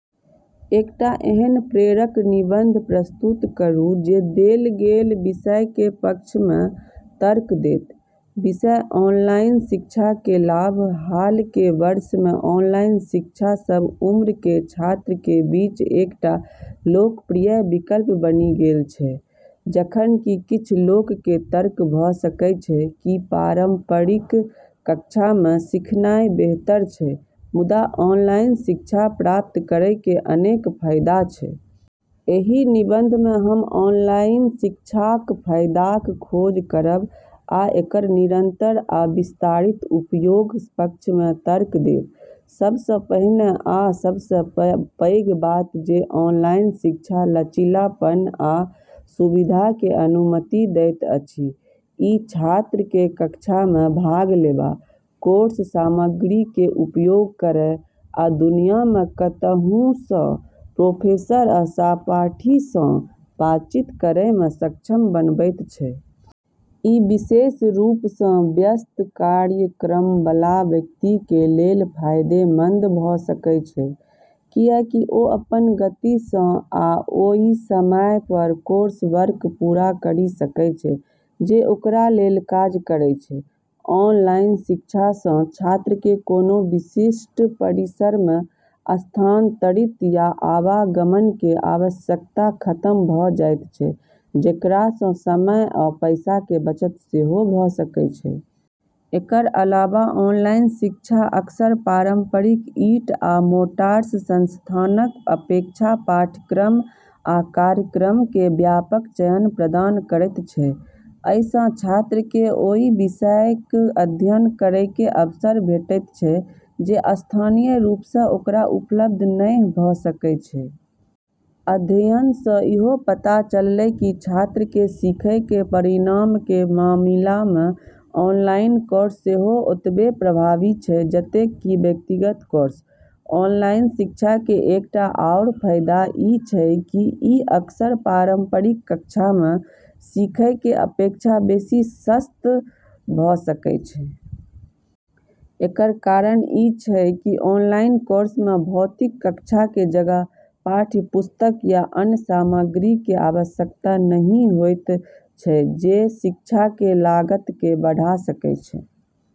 एकटा एहन प्रेरक निबंध प्रस्तुत करू जे देल गेल विषयके पक्षमे तर्क देत। विषय: ऑनलाइन शिक्षाके लाभ - हालके वर्षमे ऑनलाइन शिक्षा सब उम्रके छात्रके बीच एकटा लोकप्रिय विकल्प बनि गेल छै। जखन कि किछ लोकके तर्क भ' सकै छै कि पारंपरिक कक्षामे सिखनाइ बेहतर छै, मुदा ऑनलाइन शिक्षा प्राप्त करैके अनेक फाइदा छै। एहि निबंधमे हम ऑनलाइन शिक्षाक फाइदाक खोज करब आ एकर निरंतर आ विस्तारित उपयोगक पक्षमे तर्क देब। सबसँ पहिने आ सबसँ पैघ बात जे ऑनलाइन शिक्षा लचीलापन आ सुविधाके अनुमति दैत अछि। ई छात्रके कक्षामे भाग लेवा, कोर्स सामग्रीके उपयोग करय, आ दुनियामे कतहुसँ प्रोफेसर आ सहपाठीसँ बातचीत करेमे सक्षम बनबैत छै. ई विशेष रूपसँ व्यस्त कार्यक्रमबला व्यक्तिके लेल फाइदेमंद भ' सकै छै, किएकि ओ अपन गतिसँ आ ओइ समय पर कोर्सवर्क पूरा करि सकै छै जे ओकरा लेल काज करै छै। ऑनलाइन शिक्षासँ छात्रके कोनो विशिष्ट परिसरमे स्थानांतरित या आवागमनके आवश्यकता खतम भ' जाइत छै, जेकरासँ समय आ पैसाके बचत सेहो भ' सकै छै। एकर अलावा ऑनलाइन शिक्षा अक्सर पारंपरिक ईंट आ मोर्टार संस्थानक अपेक्षा पाठ्यक्रम आ कार्यक्रमके व्यापक चयन प्रदान करैत छै। अइसँ छात्रके ओइ विषयक अध्ययन करैके अवसर भेटैत छै जे स्थानीय रूपसँ ओकरा उपलब्ध नहि भ' सकै छै। अध्ययनसँ इहो पता चललै कि छात्रके सिखैके परिणामके मामिलामे ऑनलाइन कोर्स सेहो ओतबै प्रभावी छै जतेक कि व्यक्तिगत कोर्स। ऑनलाइन शिक्षाके एकटा आओर फाइदा ई छै कि ई अक्सर पारंपरिक कक्षामे सिखैके अपेक्षा बेशी सस्त भ' सकै छै। एकर कारण ई छै कि ऑनलाइन कोर्समे भौतिक कक्षाके जगह, पाठ्यपुस्तक, या अन्य सामग्रीके आवश्यकता नहि होइत छै जे शिक्षाके लागतके बढ़ा सकै छै।